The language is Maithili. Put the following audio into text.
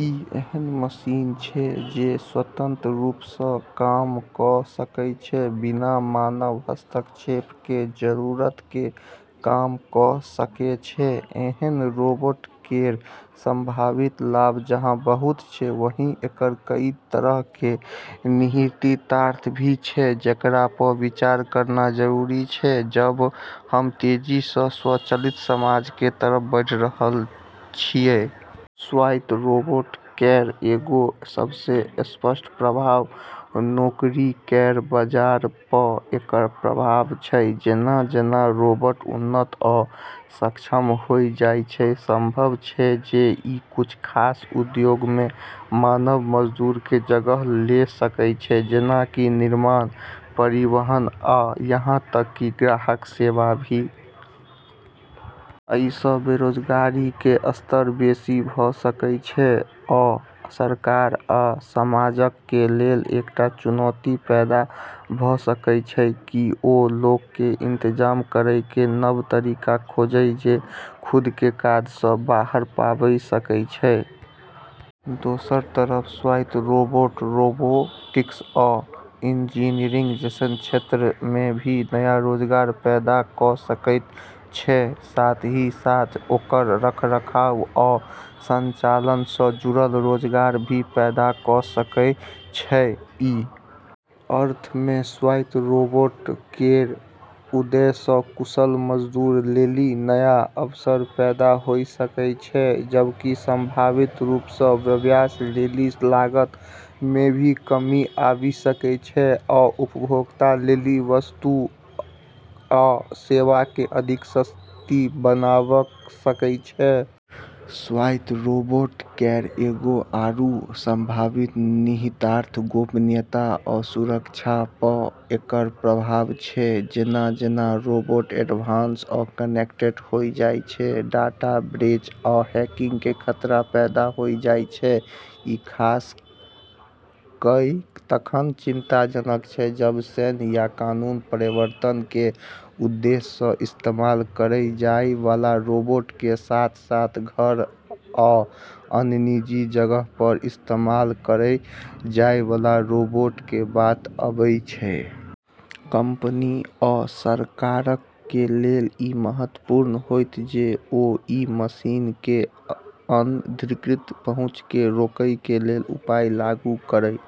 ई ऐन्हन मशीन छै जे स्वतंत्र रूप सँ काम क सकै छै, बिना मानव हस्तक्षेप के जरूरत के काम क सकै छै। ऐन्हन रोबोट केर संभावित लाभ जहाँ बहुत छै, वहीं एकर कई तरह के निहितार्थ भी छै जेकरा प विचार करना जरूरी छै जब हम तेजी सँ स्वचालित समाज के तरफ बढ़ी रहल छियै। स्वायत्त रोबोट केर एगो सबसें स्पष्ट प्रभाव नौकरी केर बाजार प एकर प्रभाव छै। जेना-जेना रोबोट उन्नत आ सक्षम होय जाय छै, संभव छै जे ई कुछ खास उद्योग मे मानव मजदूर के जगह ले सकै छै, जेना कि निर्माण, परिवहन आ यहां तक कि ग्राहक सेवा भी। अइ सँ बेरोजगारी कें स्तर बेसि भ सकय छै आ सरकारक आ समाजक कें लेल एकटा चुनौती पैदा भ सकय छै कि ओ लोगक कें इंतजाम करय कें नव तरीका खोजय जे खुद कें काज सँ बाहर पाबि सकय छै। दोसर तरफ स्वायत्त रोबोट रोबोटिक्स आ इंजीनियरिंग जैसन क्षेत्र मे भी नया रोजगार पैदा क सकै छै, साथ ही साथ ओकर रखरखाव आ संचालन सँ जुड़ल रोजगार भी पैदा क सकै छै। ई अर्थ मे स्वायत्त रोबोट केर उदय सँ कुशल मजदूर लेली नया अवसर पैदा होय सकै छै, जबकि संभावित रूप सँ व्यवसाय लेली लागत मे भी कमी आबी सकै छै आ उपभोक्ता लेली वस्तु आ सेवा क अधिक सस्ती बनाबै सकै छै। स्वायत्त रोबोट केर एगो आरू संभावित निहितार्थ गोपनीयता आ सुरक्षा प एकर प्रभाव छै। जेना-जेना रोबोट एडवांस आ कनेक्टेड होय जाय छै, डाटा ब्रेच आ हैकिंग के खतरा पैदा होय जाय छै। ई खास कय तखन चिंताजनक छै जब सैन्य या कानून प्रवर्तन के उद्देश्य सँ इस्तेमाल करल जाय वाला रोबोट के साथ-साथ घर आ अन्य निजी जगह प इस्तेमाल करल जाय वाला रोबोट के बात आबै छै। कंपनी आ सरकारक कें लेल इ महत्वपूर्ण होयत जे ओ अइ मशीनक कें अनधिकृत पहुंच कें रोकय कें लेल उपाय लागू करय।